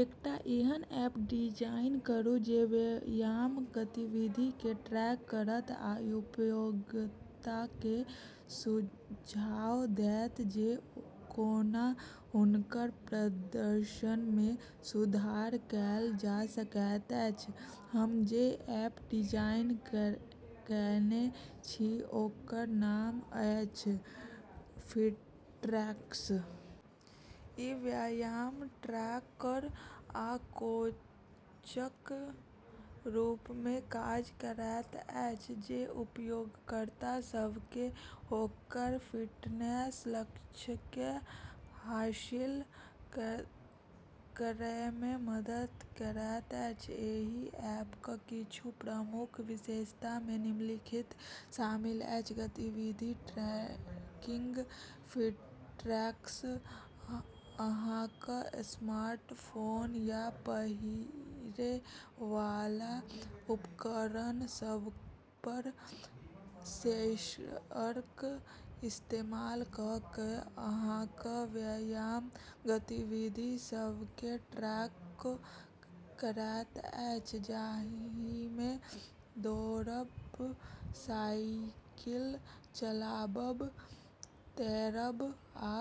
एकटा एहन app design करू जे व्यायाम गतिविधि केँ ट्रैक करत आ उपयोगकर्ताकेँ सुझाव देत जे कोना हुनकर प्रदर्शनमे सुधार कएल जा सकैत अछि। हम जे ऐप डिजाइन कएने छी ओकर नाम अछि "फिटट्रैक्स"। ई व्यायाम ट्रैकर आ कोचक रूपमे काज करैत अछि जे उपयोगकर्ता सभकेँ ओकर फिटनेस लक्ष्यकेँ हासिल करैमे मदद करैत अछि। एहि ऐपक किछु प्रमुख विशेषतामे निम्नलिखित शामिल अछि: गतिविधि ट्रैकिंग: फिटट्रैक्स अहाँक स्मार्टफोन या पहिरै वाला उपकरण सभपर सेंसरक इस्तेमाल कऽ कऽ अहाँक व्यायाम गतिविधि सभकेँ ट्रैक करैत अछि, जाहिमे दौड़ब, साइकिल चलाबब, तैरब, आ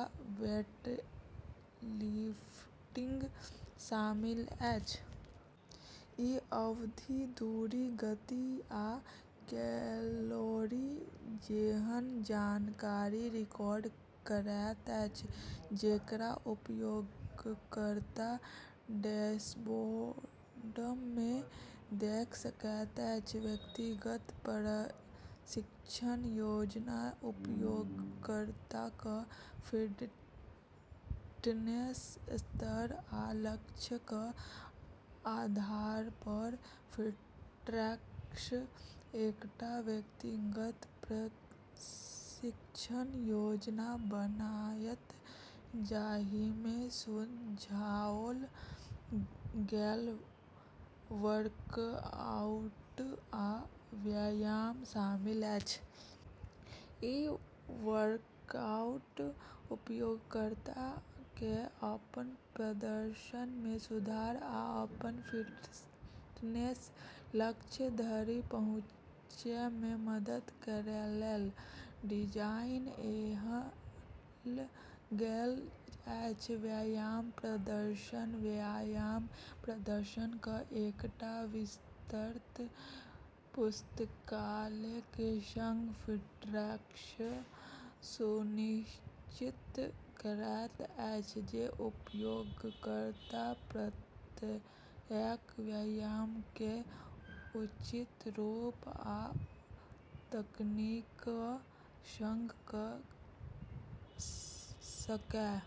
वेटलिफ्टिंग शामिल अछि। ई अवधि, दूरी, गति, आ कैलोरी जेहन जानकारी रिकॉर्ड करैत अछि, जेकरा उपयोगकर्ता डैशबोर्डमे देख सकैत अछि। व्यक्तिगत प्रशिक्षण योजना: उपयोगकर्ताक फिटनेस स्तर आ लक्ष्यक आधारपर फिटट्रैक्स एकटा व्यक्तिगत प्रशिक्षण योजना बनायत जाहिमे सुझाओल गेल वर्कआउट आ व्यायाम शामिल अछि। ई वर्कआउट उपयोगकर्ताकेँ अपन प्रदर्शनमे सुधार आ अपन फिटनेस लक्ष्य धरि पहुँचैमे मदद करैलेल डिजाइन कएल गेल अछि। व्यायाम प्रदर्शन: व्यायाम प्रदर्शनक एकटा विस्तृत पुस्तकालयक संग, फिटट्रैक्स सुनिश्चित करैत अछि जे उपयोगकर्ता प्रत्येक व्यायामकेँ उचित रूप आ तकनीकक संग कऽ सकय।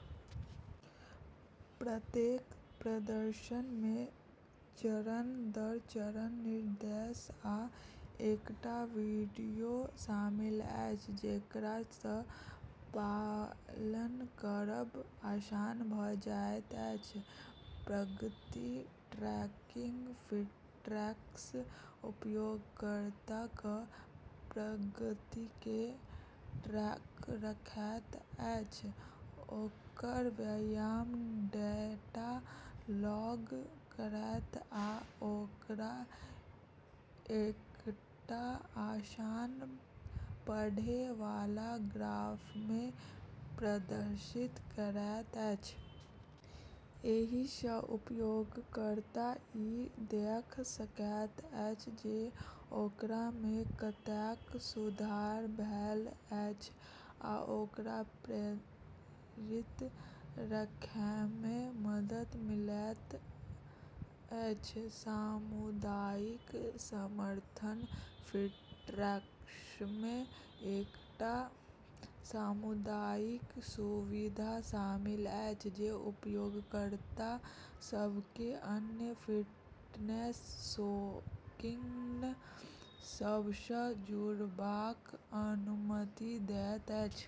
प्रत्येक प्रदर्शनमे चरण-दर-चरण निर्देश आ एकटा वीडियो शामिल अछि, जेकरासँ पालन करब आसान भऽ जाइत अछि। प्रगति ट्रैकिंग: फिटट्रैक्स उपयोगकर्ताक प्रगतिकेँ ट्रैक रखैत अछि, ओकर व्यायाम डेटा लॉग करैत आ ओकरा एकटा आसान-पढ़ै वाला ग्राफमे प्रदर्शित करैत अछि। एहिसँ उपयोगकर्ता ई देख सकैत अछि जे ओकरामे कतेक सुधार भेल अछि आ ओकरा प्रेरित रखैमे मदद मिलैत अछि। सामुदायिक समर्थन: फिटट्रैक्समे एकटा सामुदायिक सुविधा शामिल अछि जे उपयोगकर्ता सभकेँ अन्य फिटनेस शौकीन सभसँ जुड़बाक अनुमति दैत अछि।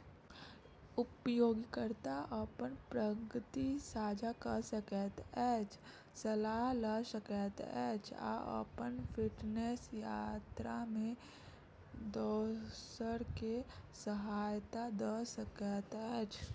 उपयोगकर्ता अपन प्रगति साझा कऽ सकैत अछि, सलाह लऽ सकैत अछि, आ अपन फिटनेस यात्रामे दोसरकेँ सहायता दऽ सकैत अछि।